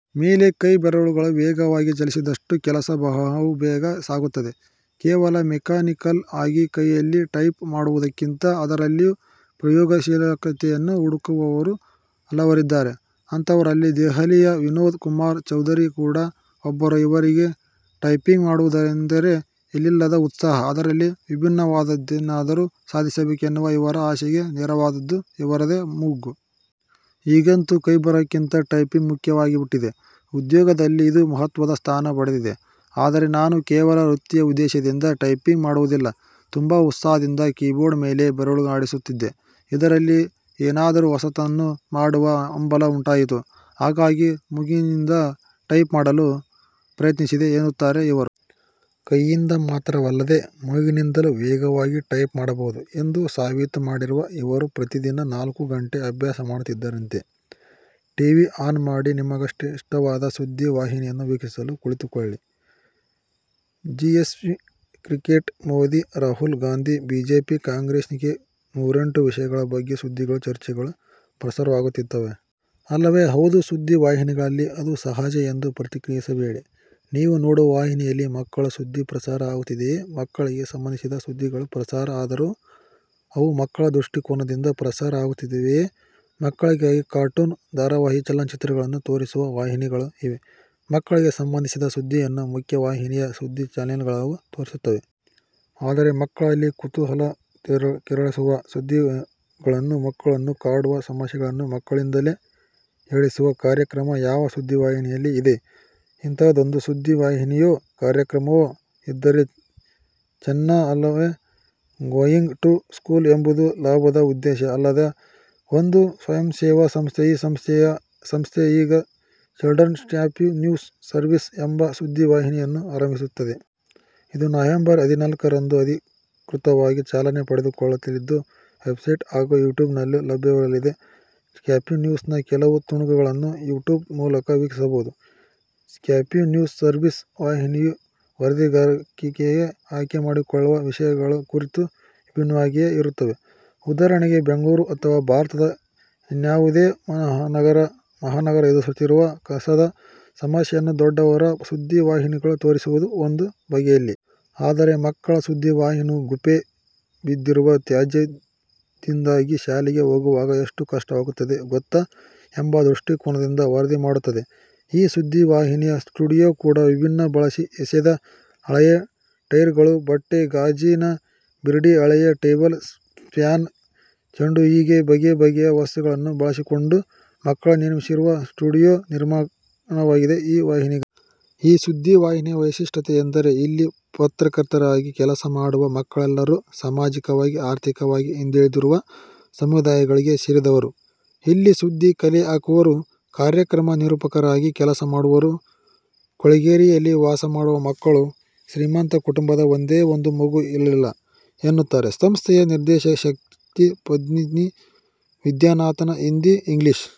ಮೇಲೆ ಕೈ ಬೆರಳುಗಳು ವೇಗವಾಗಿ ಚಲಿಸಿದಷ್ಟು ಕೆಲಸ ಬಹುಬೇಗ ಸಾಗುತ್ತದೆ. ಕೇವಲ ಮೆಕಾನಿಕಲ್ ಆಗಿ ಕೈಯಲ್ಲಿ ಟೈಪ್ ಮಾಡುವುದಕ್ಕಿಂತ ಅದರಲ್ಲಿಯೂ ಪ್ರಯೋಗಶೀಲತೆಯನ್ನು ಹುಡುಕುವವರು ಹಲವರಿದ್ದಾರೆ. ಅಂತವರಲ್ಲಿ ದೆಹಲಿಯ ವಿನೋದ್ ಕುಮಾರ್ ಚೌಧರಿ ಕೂಡ ಒಬ್ಬರು. ಇವರಿಗೆ ಟೈಪಿಂಗ್ ಮಾಡುವುದೆಂದರೆ ಎಲ್ಲಿಲ್ಲದ ಉತ್ಸಾಹ. ಅದರಲ್ಲಿ ವಿಭಿನ್ನವಾದುದ್ದೇನಾದರೂ ಸಾಧಿಸಬೇಕು ಎನ್ನುವ ಇವರ ಆಸೆಗೆ ನೆರವಾದ್ದದ್ದು ಇವರದೇ ಮೂಗು. 'ಈಗಂತೂ ಕೈಬರಹಕ್ಕಿಂತ ಟೈಪಿಂಗ್ ಮುಖ್ಯವಾಗಿಬಿಟ್ಟಿದೆ. ಉದ್ಯೋಗದಲ್ಲಿ ಇದು ಮಹತ್ವದ ಸ್ಥಾನ ಪಡೆದಿದೆ. ಆದರೆ ನಾನು ಕೇವಲ ವೃತ್ತಿಯ ಉದ್ದೇಶದಿಂದ ಟೈಪಿಂಗ್ ಮಾಡುವುದಿಲ್ಲ. ತುಂಬಾ ಉತ್ಸಾಹದಿಂದ ಕೀಬೋರ್ಡ್ ಮೇಲೆ ಬೆರಳಾಡಿಸುತ್ತಿದ್ದೆ. ಇದರಲ್ಲಿ ಏನಾದರೂ ಹೊಸತನ್ನು ಮಾಡುವ ಹಂಬಲ ಉಂಟಾಯಿತು. ಹಾಗಾಗಿ ಮೂಗಿನಿಂದ ಟೈಪ್ ಮಾಡಲು ಪ್ರಯತ್ನಿಸಿದೆ' ಎನ್ನುತ್ತಾರೆ ಇವರು. ಕೈಯಿಂದ ಮಾತ್ರವಲ್ಲದೇ ಮೂಗಿನಿಂದಲೂ ವೇಗವಾಗಿ ಟೈಪ್ ಮಾಡಬಹುದು ಎಂದು ಸಾಬೀತು ಮಾಡಿರುವ ಇವರು ಪ್ರತಿದಿನ ನಾಲ್ಕು ಗಂಟೆ ಅಭ್ಯಾಸ ಮಾಡುತ್ತಿದ್ದರಂತೆ. ಟಿ. ವಿ. ಆನ್ ಮಾಡಿ. ನಿಮಗಿಷ್ಟವಾದ ಸುದ್ದಿ ವಾಹಿನಿಯನ್ನು ವೀಕ್ಷಿಸಲು ಕುಳಿತುಕೊಳ್ಳಿ. GST, cricket, Modi, Rahul Gandhi, BJP, ಕಾಂಗ್ರೆಸ್ಹೀಗೆ ನೂರೆಂಟು ವಿಷಯಗಳ ಬಗ್ಗೆ ಸುದ್ದಿಗಳು, ಚರ್ಚೆಗಳು ಪ್ರಸಾರವಾಗುತ್ತಿರುತ್ತವೆ. ಅಲ್ಲವೇ? 'ಹೌದು, ಸುದ್ದಿ ವಾಹಿನಿಗಳಲ್ಲಿ ಅದು ಸಹಜ' ಎಂದು ಪ್ರತಿಕ್ರಿಯಿಸಬೇಡಿ. ನೀವು ನೋಡುವ ವಾಹಿನಿಯಲ್ಲಿ ಮಕ್ಕಳ ಸುದ್ದಿ ಪ್ರಸಾರ ಆಗುತ್ತದೆಯೇ? ಮಕ್ಕಳಿಗೆ ಸಂಬಂಧಿಸಿದ ಸುದ್ದಿಗಳು ಪ್ರಸಾರ ಆದರೂ, ಅವು ಮಕ್ಕಳ ದೃಷ್ಟಿಕೋನದಿಂದ ಪ್ರಸಾರ ಆಗುತ್ತವೆಯೇ? ಮಕ್ಕಳಿಗಾಗಿ ಕಾರ್ಟೂನ್ ಧಾರಾವಾಹಿ, ಚಲನಚಿತ್ರಗಳನ್ನು ತೋರಿಸುವ ವಾಹಿನಿಗಳು ಇವೆ. ಮಕ್ಕಳಿಗೆ ಸಂಬಂಧಿಸಿದ ಸುದ್ದಿಯನ್ನು ಮುಖ್ಯವಾಹಿನಿಯ ಸುದ್ದಿ ಚಾನೆಲ್ಗಳೂ ತೋರಿಸುತ್ತವೆ. ಆದರೆ, ಮಕ್ಕಳಲ್ಲಿ ಕುತೂಹಲ ಕೆರಳಿಸುವ ಸುದ್ದಿಗಳನ್ನು, ಮಕ್ಕಳನ್ನು ಕಾಡುವ ಸಮಸ್ಯೆಗಳನ್ನು ಮಕ್ಕಳಿಂದಲೇ ಹೇಳಿಸುವ ಕಾರ್ಯಕ್ರಮ ಯಾವ ಸುದ್ದಿವಾಹಿನಿಯಲ್ಲಿ ಇದೆ? ಇಂಥದ್ದೊಂದು ಸುದ್ದಿ ವಾಹಿನಿಯೋ ಕಾರ್ಯಕ್ರಮವೋ ಇದ್ದರೆ ಚೆನ್ನ, ಅಲ್ಲವೇ 'ಗೋಯಿಂಗ್ ಟು ಸ್ಕೂಲ್' ಎಂಬುದು ಲಾಭದ ಉದ್ದೇಶ ಇಲ್ಲದ ಒಂದು ಸ್ವಯಂಸೇವಾ ಸಂಸ್ಥೆ. ಈ ಸಂಸ್ಥೆ ಈಗ 'ಚಿಲ್ಡ್ರನ್ಸ್ ಸ್ಕ್ರ್ಯಾಪಿ ನ್ಯೂಸ್ ಸರ್ವಿಸ್' ಎಂಬ ಸುದ್ದಿ ವಾಹಿನಿಯನ್ನು ಆರಂಭಿಸುತ್ತಿದೆ. ಇದು ನವೆಂಬರ್ ಹದಿನಾಲ್ಕರಂದು ಅಧಿಕೃತವಾಗಿ ಚಾಲನೆ ಪಡೆದುಕೊಳ್ಳಲಿದ್ದು ವೆಬ್ಸೈಟ್ ಹಾಗೂ ಯೂಟ್ಯೂಬ್ನಲ್ಲಿ ಲಭ್ಯವಿರಲಿದೆ. 'ಸ್ಕ್ರ್ಯಾಪಿ ನ್ಯೂಸ್'ನ ಕೆಲವು ತುಣುಕುಗಳನ್ನು ಯೂಟ್ಯೂಬ್ ಮೂಲಕ ವೀಕ್ಷಿಸಬಹುದು ಸ್ಕ್ರ್ಯಾಪಿ ನ್ಯೂಸ್ ಸರ್ವಿಸ್ ವಾಹಿನಿಯು ವರದಿಗಾರಿಕೆಗೆ ಆಯ್ಕೆ ಮಾಡಿಕೊಳ್ಳುವ ವಿಷಯಗಳು ಕೂಡ ವಿಭಿನ್ನವಾಗಿಯೇ ಇರುತ್ತವೆ. ಉದಾಹರಣೆಗೆ ಬೆಂಗಳೂರು ಅಥವಾ ಭಾರತದ ಇನ್ಯಾವುದೇ ಮಹಾನಗರ ಎದುರಿಸುತ್ತಿರುವ ಕಸದ ಸಮಸ್ಯೆಯನ್ನು ದೊಡ್ಡವರ ಸುದ್ದಿ ವಾಹಿನಿಗಳು ತೋರಿಸುವುದು ಒಂದು ಬಗೆಯಲ್ಲಿ. ಆದರೆ, ಮಕ್ಕಳ ಸುದ್ದಿವಾಹಿನಿಯು, 'ಗುಪ್ಪೆ ಬಿದ್ದಿರುವ ತ್ಯಾಜ್ಯದಿಂದಾಗಿ ಶಾಲೆಗೆ ಹೋಗುವಾಗ ಎಷ್ಟು ಕಷ್ಟವಾಗುತ್ತದೆ ಗೊತ್ತಾ' ಎಂಬ ದೃಷ್ಟಿಕೋನದಿಂದ ವರದಿ ಮಾಡುತ್ತದೆ. ಈ ಸುದ್ದಿ ವಾಹಿನಿಯ ಸ್ಟುಡಿಯೋ ಕೂಡ ವಿಭಿನ್ನ. ಬಳಸಿ ಎಸೆದ ಹಳೆಯ ಟೈರ್ಗಳು, ಬಟ್ಟೆ, ಗಾಜಿನ ಬಿರಡೆ, ಹಳೆಯ ಟೇಬಲ್ ಫ್ಯಾನ್, ಚೆಂಡುಹೀಗೆ ಬಗೆ ಬಗೆಯ ವಸ್ತುಗಳನ್ನು ಬಳಸಿಕೊಂಡು ಮಕ್ಕಳೇ ನಿರ್ಮಿಸಿರುವ ಸ್ಟುಡಿಯೋ ನಿರ್ಮಾಣವಾಗಿದೆ ಈ ವಾಹಿನಿಗಾಗಿ. ಈ ಸುದ್ದಿ ವಾಹಿನಿಯ ವೈಶಿಷ್ಟ್ಯ ಎಂದರೆ, ಇಲ್ಲಿ ಪತ್ರಕರ್ತರಾಗಿ ಕೆಲಸ ಮಾಡುವ ಮಕ್ಕಳೆಲ್ಲರೂ ಸಾಮಾಜಿಕವಾಗಿ, ಆರ್ಥಿಕವಾಗಿ ಹಿಂದುಳಿದಿರುವ ಸಮುದಾಯಗಳಿಗೆ ಸೇರಿದವರು. 'ಇಲ್ಲಿ ಸುದ್ದಿ ಕಲೆ ಹಾಕುವವರು, ಕಾರ್ಯಕ್ರಮ ನಿರೂಪಕರಾಗಿ ಕೆಲಸ ಮಾಡುವವರು ಕೊಳೆಗೇರಿಗಳಲ್ಲಿ ವಾಸ ಮಾಡುವ ಮಕ್ಕಳು. ಶ್ರೀಮಂತ ಕುಟುಂಬದ ಒಂದೇ ಒಂದು ಮಗು ಇಲ್ಲಿಲ್ಲ' ಎನ್ನುತ್ತಾರೆ ಸಂಸ್ಥೆಯ ನಿರ್ದೇಶಕಿ ಪದ್ಮಿನಿ ವಿದ್ಯಾನಾಥನ್. 'ಹಿಂದಿ, ಇಂಗ್ಲಿಷ್